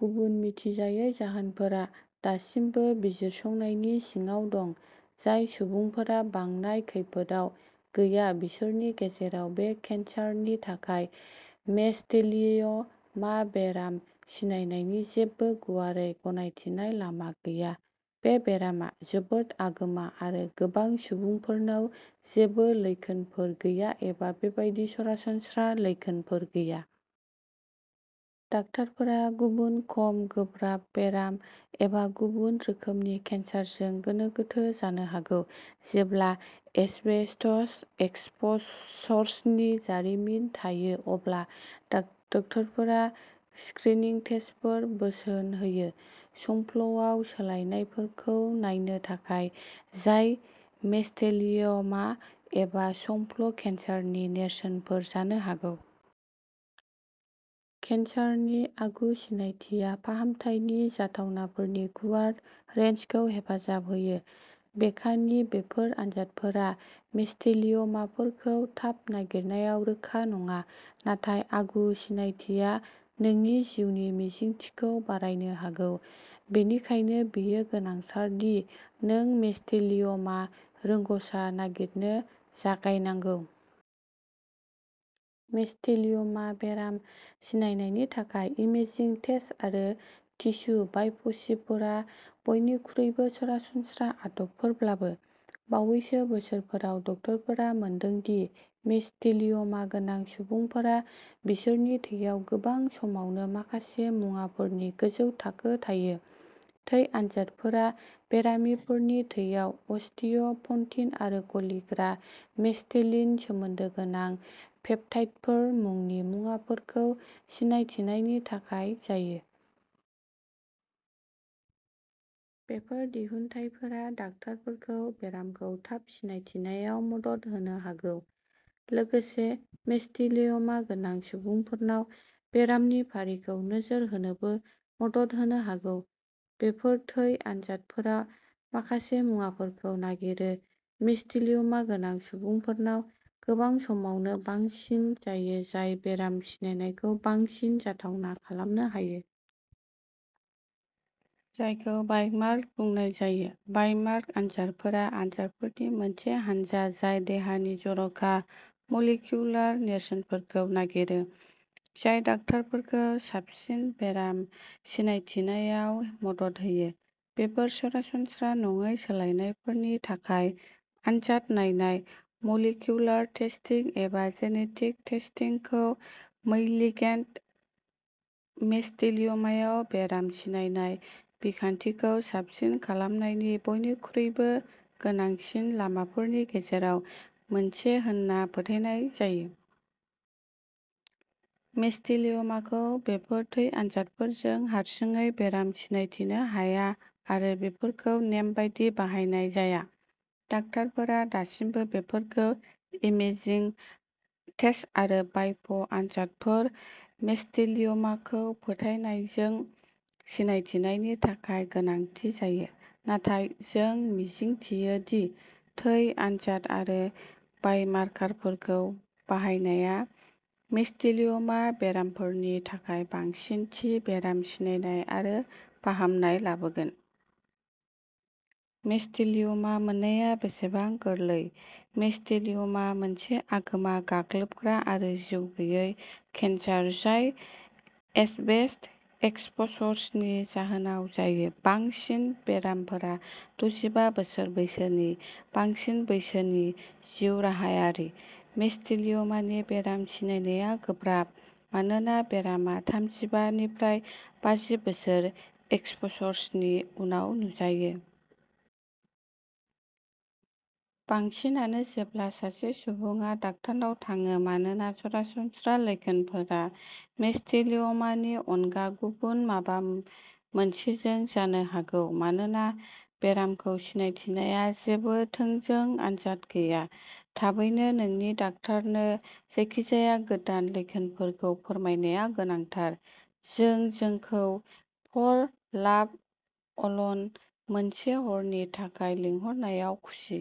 गुबुन मिथिजायै जाहोनफोरा दासिमबो बिजिरसंनायनि सिङाव दं। जाय सुबुंफोरा बांनाय खैफोदआव गैया बिसोरनि गेजेराव बे केन्सारनि थाखाय मेस'थेलिय'मा बेराम सिनायनायनि जेबो गुवारै गनायथिनाय लामा गैया। बे बेरामा जोबोद आगोमा आरो गोबां सुबुंफोरनाव जेबो लैखोनफोर गैया एबा बेबादि सरासनस्रा लैखोनफोर गैया। डाक्टारफोरा गुबुन खम गोब्राब बेराम एबा गुबुन रोखोमनि केन्सारजों गोनो गोथो जानो हागौ। जेब्ला एस्बेस्टस एक्सप'सरसनि जारिमिन थायो अब्ला डा-डक्टरफोरा स्क्रिनिं टेस्टफोर बोसोन होयो। संफ्ल'आव सोलायनायफोरखौ नायनो थाखाय जाय मेस'थेलिय'मा एबा संफ्ल' केन्सारनि नेरसोनफोर जानो हागौ। केनसारनि आगु सिनायथिया फाहामथायनि जाथावनाफोरनि गुवार रेनजखौ हेफाजाब होयो। बेखानि बेफोर आनजादफोरा मेस'थेलिय'माफोरखौ थाब नागिरनायाव रोखा नङा। नाथाय आगु सिनायथिया नोंनि जिउनि मिजिंथिखौ बारायनो हागौ। बेनिखायनो बेयो गोनांथार दि नों मेस'थेलिय'मा रोंग'सा नागिरनो जागायनांगौ। मेस'थेलिय'मा बेराम सिनायनायनि थाखाय इमेजिं टेस्ट आरो टिस्यु बाय'पसीफोरा बयनिख्रुइबो सरासनस्रा आदबफोरब्लाबो, बावैसो बोसोरफोराव डक्टरफोरा मोनदों दि मेस'थेलिय'मा गोनां सुबुंफोरा बिसोरनि थैयाव गोबां समावनो माखासे मुवाफोरनि गोजौ थाखो थायो। थै आनजादफोरा बेरामिफोरनि थैयाव अस्टिय' पन्टिन आरो गलिग्रा मेस'थेलिन सोमोन्दो गोनां पेप्टाइडफोर मुंनि मुवाफोरखौ सिनायथिनायनि थाखाय जायो। बेफोर दिहुनथायफोरा डाक्टारफोरखौ बेरामखौ थाब सिनायथिनायाव मदद होनो हागौ। लोगोसे मेस'थेलिय'मा गोनां सुबुंफोरनाव बेरामनि फारिखौ नोजोर होनोबो मदद होनो हागौ। बेफोर थै आनजादफोरा माखासे मुवाफोरखौ नागिरो। मेस'थेलिय'मा गोनां सुबुंफोरनाव गोबां समावनो बांसिन जायो जाय बेराम सिनायनायखौ बांसिन जाथावना खालामनो हायो। जायखौ बाय'मार्कार बुंनाय जायो। बाय'मार्कार आनजादफोरा आनजादफोरनि मोनसे हानजा जाय देहानि जर'खा मलिकिउलार नेरसोनफोरखौ नागिरो। जाय डाक्टारफोरखौ साबसिन बेराम सिनायथिनायाव मदद होयो। बेफोर सरासनस्रा नङै सोलायनायफोरनि थाखाय आनजाद नायनाय मलिकिउलार टेस्टिं एबा जेनेटिक टेस्टिं खौ मैलिगेन्ट मेस'थेलिय'मायाव बेराम सिनायनाय बिखान्थिखौ साबसिन खालामनायनि बयनिख्रुइबो गोनांसिन लामाफोरनि गेजेराव मोनसे होनना फोथायनाय जायो। मेस'थेलिय'माखौ बेफोर थै आनजादफोरजों हारसिङै बेराम सिनायथिनो हाया आरो बेफोरखौ नेमबादि बाहायनाय जाया। डाक्टारफोरा दासिमबो बेफोरखौ इमेजिं टेस्ट आरो बाय'प आनजादफोर मेस'थेलिय'माखौ फोथायनायजों सिनायथिनायनि थाखाय गोनांथि जायो। नाथाय जों मिजिंथियो दि थै आनजाद आरो बाय'मारकारफोरखौ बाहायनाया मेस'थेलिय'मा बेरामिफोरनि थाखाय बांसिन थि बेराम सिनायनाय आरो फाहामनाय लाबोगोन। मेस'थेलिय'मा मोननाया बेसेबां गोरलै? मेस'थेलिय'मा मोनसे आगोमा गाग्लोबग्रा आरो जिउगैयै केन्सार जाय एसबेस्टस एक्सप'सर्सनि जाहोनाव जायो। बांसिन बेरामिफोरा द’जिबा बोसोर बैसोनि बांसिन बैसोनि जिउ राहायारि। मेस'थेलिय'मानि बेराम सिनायनाया गोब्राब। मानोना बेरामा थामजिबा निफ्राय बाजि बोसोर एक्सप'सरसनि उनाव नुजायो। बांसिनानो जेब्ला सासे सुबुङा डाक्टारनाव थाङो मानोना सरासनस्रा लैखोनफोरा मेस'थेलिय'मानि अनगा गुबुन माबा मोनसेजों जानो हागौ। मानोना बेरामखौ सिनायथिनाय जेबो थोंजों आनजाद गैया। थाबैनो नोंनि डक्टरनो जायखिजाया गोदान लैखोनफोरखौ फोरमायनाया गोनांथार। जों नोंखौ फर लाभ अल'न, मोनसे हरनि थाखाय लिंहरनायाव खुसि।